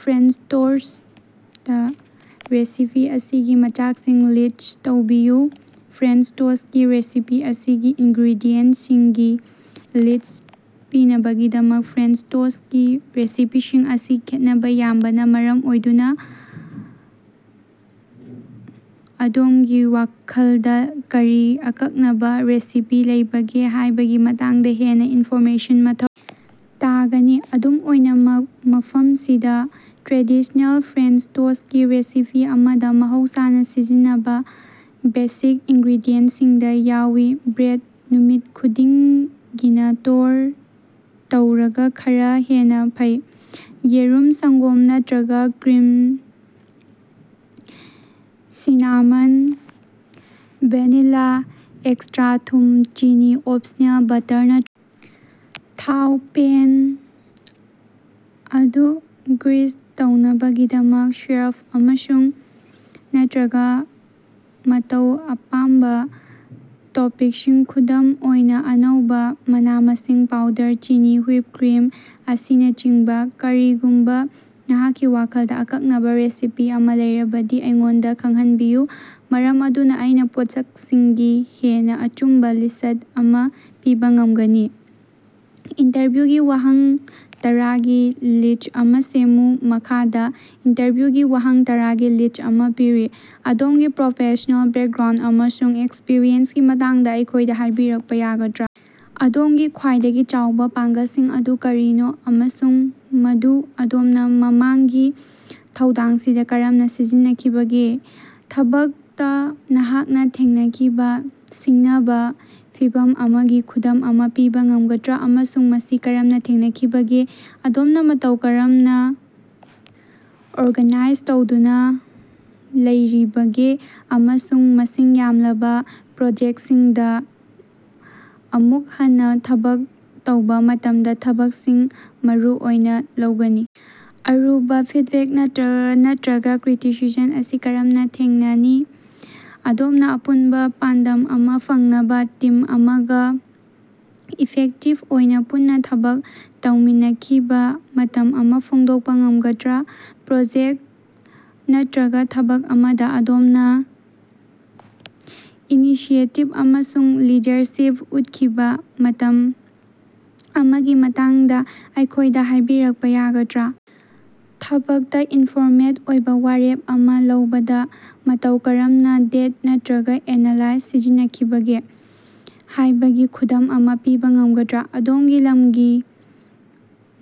French toast recipe ꯑꯁꯤꯒꯤ ꯃꯆꯥꯛꯁꯤꯡ list ꯇꯧꯕꯤꯌꯨ꯫ ꯐ꯭ꯔꯦꯟꯆ ꯇꯣꯁꯇꯀꯤ ꯔꯦꯁꯤꯄꯤ ꯑꯃꯒꯤ ꯏꯪꯒꯔꯦꯗꯤꯌꯦꯟꯇꯁꯤꯡꯒꯤ ꯂꯤꯁ ꯄꯤꯅꯕꯒꯤꯗꯃꯛ, ꯐ꯭ꯔꯦꯟꯆ ꯇꯣꯁꯇꯀꯤ ꯔꯦꯁꯤꯄꯤꯁꯤꯡ ꯑꯁꯤ ꯈꯦꯠꯅꯕ ꯌꯥꯝꯕꯅ ꯃꯔꯝ ꯑꯣꯏꯗꯨꯅ ꯑꯗꯣꯝꯒꯤ ꯋꯥꯈꯜꯗ ꯀꯔꯤ ꯑꯀꯛꯅꯕ ꯔꯦꯁꯤꯄꯤ ꯂꯩꯕꯒꯦ ꯍꯥꯏꯕꯒꯤ ꯃꯇꯥꯡꯗ ꯍꯦꯟꯅ ꯏꯟꯐꯣꯔꯃꯦꯁꯟ ꯃꯊꯧ ꯇꯥꯒꯅꯤ꯫ ꯑꯗꯨꯝ ꯑꯣꯏꯅꯃꯛ, ꯃꯐꯃꯁꯤꯗ ꯇ꯭ꯔꯦꯗꯤꯁꯅꯦꯜ ꯐ꯭ꯔꯦꯟꯆ ꯇꯣꯁꯇꯀꯤ ꯔꯦꯁꯤꯄꯤ ꯑꯃꯗ ꯃꯍꯧꯁꯥꯅ ꯁꯤꯖꯤꯟꯅꯕ ꯕꯦꯁꯤꯛ ꯏꯪꯒꯔꯦꯗꯤꯌꯦꯟꯇꯁꯤꯡꯗ ꯌꯥꯎꯏ ꯕ꯭ꯔꯦꯗ (ꯅꯨꯃꯤꯠ ꯈꯨꯗꯤꯡꯒꯤꯅ ꯇꯧꯔꯒ ꯈꯔ ꯍꯦꯟꯅ ꯐꯩ) ꯌ°ꯔꯨꯝ ꯁꯪꯒꯣꯝ ꯅꯠꯇꯔꯒ ꯀ꯭ꯔꯤꯝ ꯁꯤꯅꯥꯃꯟ ꯚꯦꯅꯤꯂ ꯑꯦꯛꯁꯇ꯭ꯔꯥ ꯊꯨꯝ ꯆꯤꯅꯤ (ꯑꯣꯞꯁꯅꯦꯜ) ꯕꯇꯔ ꯅꯠꯇꯔꯒ ꯊꯥꯎ ( ꯄꯦꯟ ꯑꯗꯨ ꯒ꯭ꯔꯤꯁ ꯇꯧꯅꯕꯒꯤꯗꯃꯛ) ꯁꯤꯔꯞ ꯑꯃꯁꯨꯡ ꯅꯠꯇꯔꯒ ꯑꯇꯩ ꯑꯄꯥꯝꯕ ꯇꯣꯄꯤꯡꯁꯤꯡ ꯈꯨꯗꯝ ꯑꯣꯏꯅ, ꯑꯅꯧꯕ ꯃꯅꯥ-ꯃꯁꯤꯡ ꯄꯥꯎꯗꯔ ꯆꯤꯅꯤ ꯍꯨꯏꯞ ꯀ꯭ꯔꯤꯝ ꯑꯁꯤꯅꯆꯤꯡꯕ ꯀꯔꯤꯒꯨꯝꯕ ꯅꯍꯥꯛꯀꯤ ꯋꯥꯈꯜꯗ ꯑꯀꯛꯅꯕ ꯔꯦꯁꯤꯄꯤ ꯑꯃ ꯂꯩꯔꯕꯗꯤ ꯑꯩꯉꯣꯟꯗ ꯈꯪꯍꯟꯕꯤꯌꯨ ꯃꯔꯝ ꯑꯗꯨꯅ ꯑꯩꯅ ꯄꯣꯠꯁꯛꯁꯤꯡꯒꯤ ꯍꯦꯟꯅ ꯑꯆꯨꯝꯕ ꯂꯤꯁ꯭ꯠ ꯑꯃ ꯄꯤꯕ ꯉꯃꯒꯅꯤ ꯏꯟꯇꯔꯚ꯭ꯌꯨꯒꯤ ꯋꯥꯍꯪ ꯇꯔꯥꯒꯤ ꯂꯤꯁꯇ ꯑꯃ ꯁꯦꯝꯃꯨ ꯃꯈꯥꯗ ꯏꯟꯇꯔꯚ꯭ꯌꯨꯒꯤ ꯋꯥꯍꯪ ꯇꯔꯥꯒꯤ ꯂꯤꯁꯇ ꯑꯃ ꯄꯤꯔꯤ ꯑꯗꯣꯝꯒꯤ ꯄ꯭ꯔꯣꯐꯦꯁ꯭ꯅꯦꯜ ꯕꯦꯛꯒ꯭ꯔꯥꯎꯟꯗ ꯑꯃꯁꯨꯡ ꯑꯦꯛꯁꯄꯔꯤꯌꯦꯟꯁꯀꯤ ꯃꯇꯥꯡꯗ ꯑꯩꯈꯣꯏꯗ ꯍꯥꯏꯕꯤꯔꯛꯄ ꯌꯥꯒꯗ꯭ꯔ ꯑꯗꯣꯝꯒꯤ ꯈ꯭ꯋꯥꯏꯗꯒꯤ ꯆꯥꯎꯕ ꯄꯥꯡꯒꯜꯁꯤꯡ ꯑꯗꯨ ꯀꯔꯤꯅꯣ ꯑꯃꯁꯨꯡ ꯃꯗꯨ ꯑꯗꯣꯝꯅ ꯃꯃꯥꯡꯒꯤ ꯊꯧꯗꯥꯡꯁꯤꯡꯗ ꯀꯔꯝꯅ ꯁꯤꯖꯤꯟꯅꯈꯤꯕꯒꯦ? ꯊꯕꯛꯇ ꯅꯍꯥꯛꯅ ꯊꯦꯡꯅꯈꯤꯕ ꯁꯤꯡꯅꯕ ꯐꯤꯚꯝ ꯑꯃꯒꯤ ꯈꯨꯗꯝ ꯑꯃ ꯄꯤꯕ ꯉꯝꯒꯗꯔ ꯑꯃꯁꯨꯡ ꯃꯁꯤ ꯀꯔꯝꯅ ꯊꯦꯡꯅꯈꯤꯕꯒꯦ? ꯑꯗꯣꯝꯅ ꯃꯇꯧ ꯀꯔꯝꯅ ꯑꯣꯔꯒꯅꯥꯏꯖ ꯇꯧꯗꯨꯅ ꯂꯩꯔꯤꯕꯒꯦ ꯑꯃꯁꯨꯡ ꯃꯁꯤꯡ ꯌꯥꯝꯂꯕ ꯄ꯭ꯔꯣꯖꯦꯛꯁꯤꯡꯗ ꯑꯃꯨꯛ ꯍꯟꯅ ꯊꯕꯛ ꯇꯧꯕ ꯃꯇꯝꯗ ꯊꯕꯛꯁꯤꯡ ꯃꯔꯨ ꯑꯣꯏꯅ ꯂꯧꯒꯅꯤ? ꯑꯔꯨꯕ ꯐꯤꯗꯕꯦꯛ ꯅꯠꯔꯒ ꯀ꯭ꯔꯤꯇꯤꯁꯤꯖꯝ ꯑꯁꯤ ꯀꯔꯝꯅ ꯊꯦꯡꯅꯤ? ꯑꯗꯣꯝꯅ ꯑꯄꯨꯟꯕ ꯄꯥꯟꯗꯝ ꯑꯃ ꯐꯪꯅꯕ ꯇꯤꯝ ꯑꯃꯒ ꯏꯐꯦꯛꯇꯤꯕ ꯑꯣꯏꯅ ꯄꯨꯟꯅ ꯊꯕꯛ ꯇꯧꯃꯤꯟꯅꯈꯤꯕ ꯃꯇꯝ ꯑꯃ ꯐꯣꯡꯗꯣꯛꯄ ꯉꯝꯒꯗꯔ? ꯄ꯭ꯔꯣꯖꯦꯛꯇ ꯅꯠꯇꯔꯒ ꯊꯕꯛ ꯑꯃꯗ ꯑꯗꯣꯝꯅ ꯏꯅꯤꯁꯤꯌꯦꯇꯤꯕ ꯑꯃꯁꯨꯡ ꯂꯤꯗꯔꯁꯤꯞ ꯎꯠꯈꯤꯕ ꯃꯇꯝ ꯑꯃꯒꯤ ꯃꯇꯥꯡꯗ ꯑꯩꯈꯣꯏꯗ ꯍꯥꯏꯕꯤꯔꯛꯄ ꯌꯥꯒꯗ꯭ꯔ? ꯊꯕꯛꯇ ꯏꯟꯐꯣꯔꯃꯦꯗ ꯑꯣꯏꯕ ꯋꯥꯔꯦꯞ ꯑꯃ ꯂꯧꯕꯗ ꯃꯇꯧ ꯀꯔꯝꯅ ꯗꯦꯇ ꯅꯠꯇꯔꯒ ꯑꯦꯅꯂꯥꯏꯁꯤꯁ ꯁꯤꯖꯤꯟꯅꯈꯤꯕꯒꯦ ꯍꯥꯏꯕꯒꯤ ꯈꯨꯗꯝ ꯑꯃ ꯄꯤꯕ ꯉꯝꯒꯗ꯭ꯔ? ꯑꯗꯣꯝꯒꯤ ꯂꯝꯒꯤ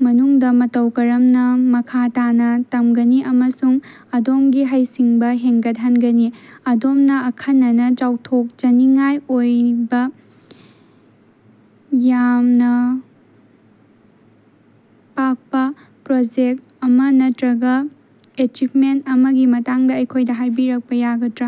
ꯃꯅꯨꯡꯗ ꯃꯇꯧ ꯀꯔꯝꯅ ꯃꯈꯥ ꯇꯥꯅ ꯇꯝꯒꯅꯤ ꯑꯃꯁꯨꯡ ꯑꯗꯣꯝꯒꯤ ꯍꯩꯁꯤꯡꯕ ꯍꯦꯟꯒꯠꯍꯟꯒꯅꯤ? ꯑꯗꯣꯝꯅ ꯑꯈꯟꯅꯅ ꯆꯥꯎꯊꯣꯛꯆꯅꯤꯡꯉꯥꯏ ꯑꯣꯏꯕ ꯃꯥꯌ ꯄꯥꯛꯄ ꯄ꯭ꯔꯣꯖꯦꯛꯇ ꯑꯃ ꯅꯠꯔꯒ ꯑꯦꯆꯤꯕꯃꯦꯟꯇ ꯑꯃꯒꯤ ꯃꯇꯥꯡꯗ ꯑꯩꯈꯣꯏꯗ ꯍꯥꯏꯕꯤꯔꯛꯄ ꯌꯥꯒꯗ꯭ꯔ?